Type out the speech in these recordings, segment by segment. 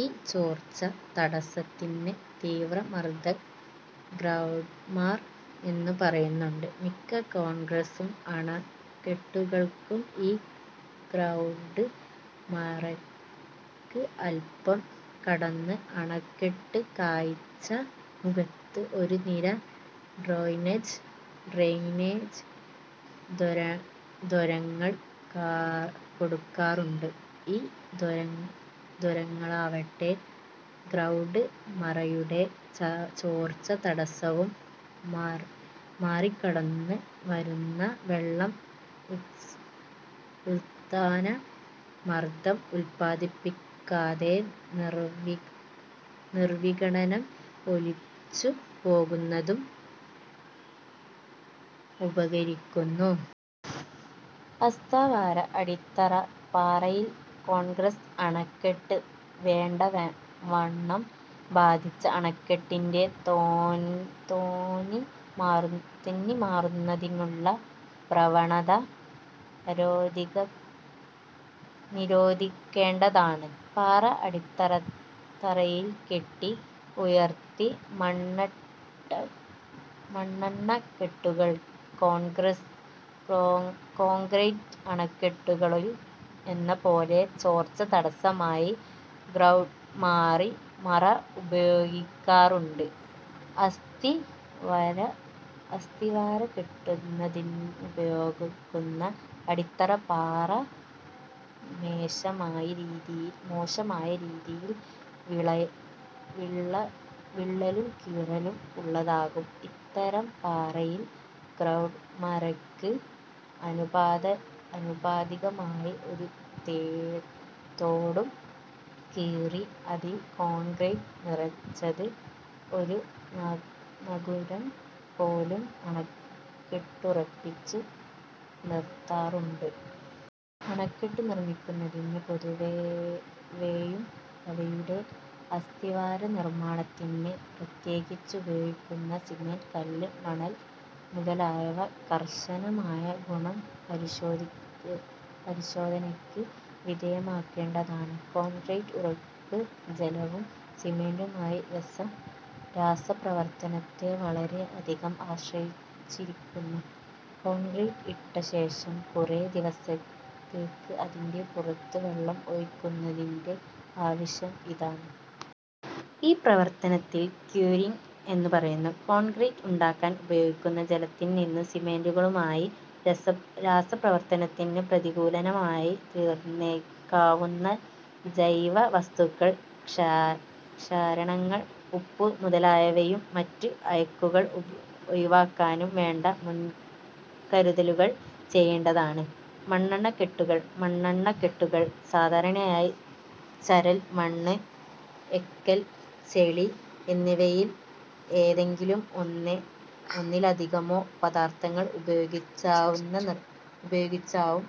ഈ ചോർച്ച-തടസ്സത്തിന് 'തീവ്രമർദഗ്രൌട്ട്മറ' എന്നു പറയാറുണ്ട്. മിക്ക കോൺക്രീറ്റ് അണക്കെട്ടുകൾക്കും ഈ ഗ്രൌട്ട്-മറയ്ക്ക് അല്പം അകന്ന് അണക്കെട്ടിന്റെ കീഴ്ചാൽ മുഖത്ത് ഒരു നിര ഡ്രെയിനേജ് ദ്വാരങ്ങൾ കൊടുക്കാറുണ്ട്. ഈ ദ്വാരങ്ങളാവട്ടെ ഗ്രൌട്ട്-മറയുടെ ചോർച്ച-തടസ്സവും മറികടന്നു വരുന്ന വെള്ളം ഉത്ഥാന മർദ്ദം ഉത്പാദിപ്പിക്കാതെ നിർവിഘ്നം ഒലിച്ചു പോകുന്നതിന് ഉപകരിക്കുന്നു. അസ്ഥിവാര-അടിത്തറ പാറയിൽ കോൺക്രീറ്റ് അണക്കെട്ട് വേണ്ടവണ്ണം ബന്ധിച്ച് അണക്കെട്ടിന്റെ 'തെന്നിമാറുന്നതിനുള്ള പ്രവണത' നിരോധിക്കേണ്ടതാണ്. പാറ അടിത്തറയിൽ കെട്ടി ഉയർത്തുന്ന മണ്ണണക്കെട്ടുകളിലും കോൺക്രീറ്റ് അണക്കെട്ടുകളിൽ എന്നപോലെ ചോർച്ച-തടസ്സമായി ഗ്രൌട്ടു-മറ ഉപയോഗിക്കാറുണ്ട്. അസ്ഥിവാരം കെട്ടുന്നതിനുപയോഗിക്കുന്ന അടിത്തറ പാറ മോശമായ രീതിയിൽ വിള്ളലോ കീറലോ ഉള്ളതാകാം. ഇത്തരം പാറയിൽ ഗ്രൌട്ട്-മറയ്ക്ക് ആനുപാതികമായി ഒരു തോടു കീറി അതിൽ കോൺക്രീറ്റ് നിറച്ച് ഒരു നങ്കൂരം പോലെ അണക്കെട്ടുറപ്പിച്ചു നിർത്താറുണ്ട്. അണക്കെട്ടു നിർമ്മാണത്തിന് പൊതുവെയും അവയുടെ അസ്ഥിവാര നിർമ്മാണത്തിന് പ്രത്യേകിച്ചും ഉപയോഗിക്കുന്ന സിമന്റ്, കല്ല്, മണല് മുതലായവ കർശനമായ ഗുണ പരിശോധനയ്ക്ക് വിധേയമാക്കേണ്ടതാണ്. കോൺക്രീറ്റിന്റെ ഉറപ്പ് ജലവും സിമന്റുമായുള്ള രാസ പ്രവർത്തനത്തെ വളരെ അധികം ആശ്രയിച്ചിരിക്കുന്നു. കോൺക്രീറ്റ് ഇട്ട ശേഷം കുറേ ദിവസത്തേക്ക് അതിന്റെ പുറത്ത് വെള്ളം ഒഴിയ്ക്കുന്നതിന്റെ ആവശ്യം ഇതാണ്. ഈ പ്രവർത്തനത്തിന് ക്യൂറിങ്ങ് എന്നു പറയുന്നു. കോൺക്രീറ്റ് ഉണ്ടാക്കാൻ ഉപയോഗിക്കുന്ന ജലത്തിൽ നിന്ന് സിമന്റുമായുള്ള രാസ പ്രവർത്തനത്തിന് പ്രതികൂലമായി തീർന്നേക്കാവുന്ന ജൈവ വസ്തുക്കൾ, ക്ഷാരങ്ങൾ, ഉപ്പുകൾ മുതലായവയും മറ്റ് അഴുക്കുകളും ഒഴിവാക്കാൻ വേണ്ട മുൻകരുതലുകൾ ചെയ്യേണ്ടതാണ്. മണ്ണണക്കെട്ടുകൾ സാധാരണയായി ചരൽ, മണൽ, എക്കൽ, ചെളി എന്നിവയിൽ ഏതെങ്കിലും ഒന്നോ ഒന്നിലധികമൊ പദാർഥങ്ങൾ ഉപയോഗിച്ചാവും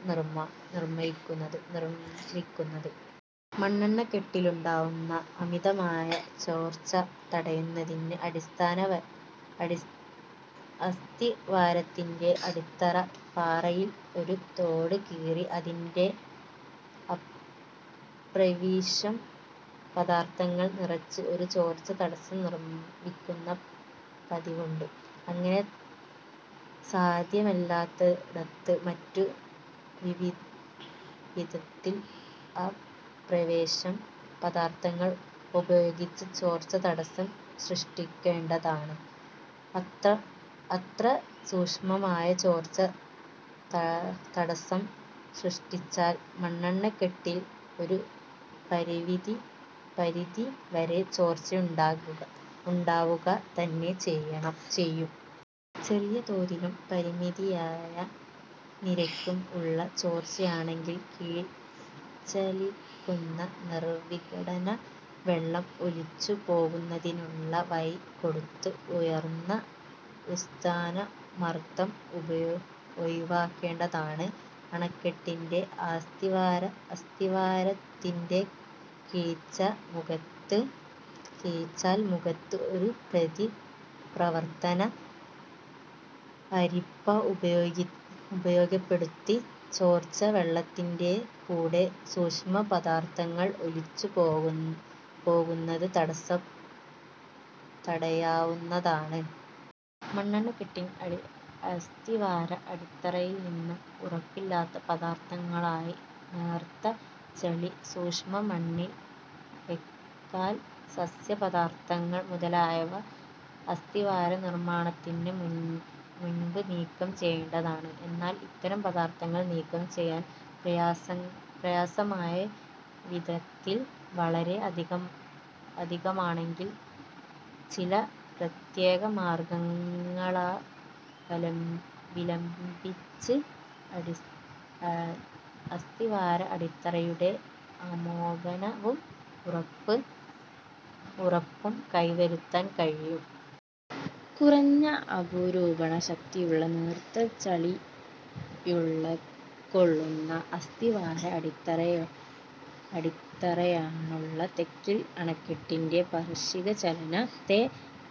നിർമ്മിക്കുക. മണ്ണണക്കെട്ടിലുണ്ടാകാവുന്ന അമിതമായ ചോർച്ച തടയുന്നതിന് അസ്ഥിവാരത്തിന്റെ അടിത്തറ പാറയിൽ ഒരു തോടു കീറി അതിൽ അപ്രവേശ്യ പദാർഥങ്ങൾ നിറച്ച് ഒരു ചോർച്ച തടസ്സം നിർമ്മിക്കുന്ന പതിവുണ്ട്. ഇങ്ങനെ സാധ്യമല്ലാത്തിടത്ത് മറ്റു വിധത്തിൽ അപ്രവേശ്യ പദാർഥങ്ങൾ ഉപയോഗിച്ച് ചോർച്ച തടസ്സം സൃഷ്ടിക്കേണ്ടതാണ്. എത്ര സൂക്ഷ്മമായി ചോർച്ച-തടസ്സം സൃഷ്ടിച്ചാലും മണ്ണണക്കെട്ടുകളിൽ ഒരു പരിധി വരെ ചോർച്ചയുണ്ടാവുക തന്നെ ചെയ്യും. ചെറിയ തോതിലും പരിമിതമായ നിരക്കിലും ഉള്ള ചോർച്ചയാണെങ്കിൽ കീഴ്ചാലിലേക്കു നിർവിഘ്നം വെള്ളം ഒലിച്ചു പോകുന്നതിനുള്ള വഴി കൊടുത്ത് ഉയർന്ന ഉത്ഥാന മർദ്ദം ഒഴിവാക്കേണ്ടതാണ്. അണക്കെട്ടിന്റെ അസ്ഥിവാരത്തിന്റെ കീഴ്ചാൽ മുഖത്ത് ഒരു പ്രതിപ്രവർത്തന അരിപ്പ ഉപയോഗപ്പെടുത്തി ചോർച്ച വെള്ളത്തിന്റെ കൂടെ സൂക്ഷ്മ പദാർഥങ്ങൾ ഒലിച്ചു പോകുന്നത് തടയാവുന്നതാണ്. മണ്ണണക്കെട്ടിന്റെ അസ്ഥിവാര അടിത്തറയിൽ നിന്ന് ഉറപ്പില്ലാത്ത പദാർഥങ്ങളായ നേർത്ത ചെളി, സൂക്ഷ്മ മണൽ, എക്കൽ, സസ്യ പദാർഥങ്ങൾ മുതലായവ അസ്ഥിവാര നിർമ്മാണത്തിനു മുൻപ് നീക്കം ചെയ്യേണ്ടതാണ്. എന്നാൽ ഇത്തരം പദാർഥങ്ങൾ നീക്കം ചെയ്യാൻ പ്രയാസമായ വിധത്തിൽ വളരെ അധികമാണെങ്കിൽ, ചില പ്രത്യേക മാർഗ്ഗങ്ങളവലംബിച്ച് അസ്ഥിവാര-അടിത്തറയുടെ സമേകനവും ഉറപ്പും കൈവരുത്താൻ കഴിയും. കുറഞ്ഞ അപരൂപണ ശക്തിയുള്ള നേർത്ത ചെളിയുൾക്കൊള്ളുന്ന അസ്ഥിവാര-അടിത്തറയാണുള്ളതെങ്കിൽ അണക്കെട്ടിന്റെ പാർശ്വിക ചലനത്തെ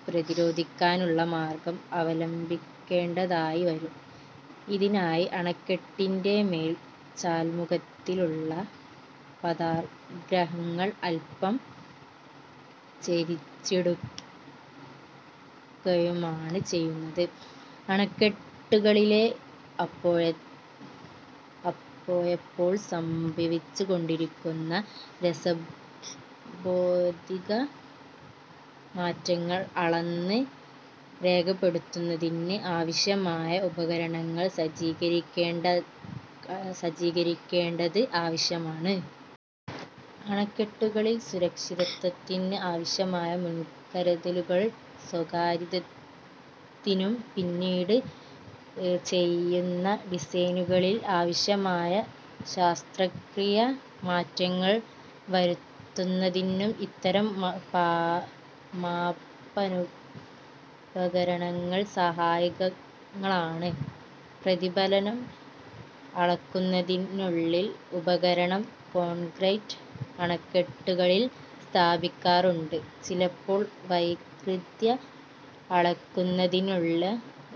പ്രതിരോധിക്കാനുള്ള മാർഗ്ഗങ്ങൾ അവലംബിക്കേണ്ടതായും വരും. ഇതിനായി അണക്കെട്ടിന്റെ മേൽ ചാൽമുഖത്തിലുള്ള പാദാഗ്രങ്ങൾ അല്പം ചരിച്ചിടുകയുമാണ് ചെയ്യുന്നത്. അണക്കെട്ടുകളിൽ അപ്പഴപ്പോൾ സംഭവിച്ചു കൊണ്ടിരിക്കുന്ന രാസഭൌതിക മാറ്റങ്ങൾ അളന്ന് രേഖപ്പെടുത്തുന്നതിന് ആവശ്യമായ ഉപകരണങ്ങൾ സജ്ജീകരിക്കേണ്ടത് ആവശ്യമാണ്. അണക്കെട്ടുകളുടെ സുരക്ഷിതത്വത്തിന് ആവശ്യമായ മുൻകരുതലുകൾ സ്വീകരിക്കുന്നതിനും, പിന്നീട് ചെയ്യുന്ന ഡിസൈനുകളിൽ ആവശ്യമായ ശാസ്ത്രീയ മാറ്റങ്ങൾ വരുത്തുന്നതിനും ഇത്തരം മാപനോപകരണങ്ങൾ സഹായകങ്ങളാണ്. പ്രതിബലം അളക്കുന്നതിനുള്ള ഉപകരണം കോൺക്രീറ്റ് അണക്കെട്ടുകളിൽ സ്ഥാപിക്കാറുണ്ട്. ചിലപ്പോൾ വൈകൃതം അളക്കുന്നതിനുള്ള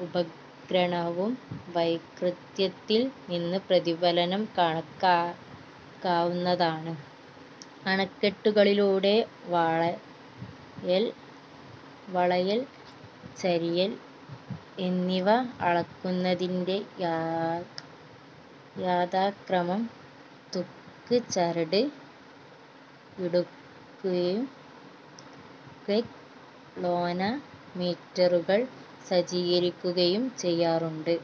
ഉപകരണവും; വൈകൃതത്തിൽ നിന്ന് പ്രതിബലം കണക്കാക്കാവുന്നതാണ്. അണക്കെട്ടുകളുടെ വളയൽ, ചരിയൽ എന്നിവ അളക്കുന്നതിന് യഥാക്രമം തൂക്ക്ചരട് ഇടുകയും ക്ളൈനോ മീറ്ററുകൾ സജ്ജീകരിക്കുകയും ചെയ്യാറുണ്ട്.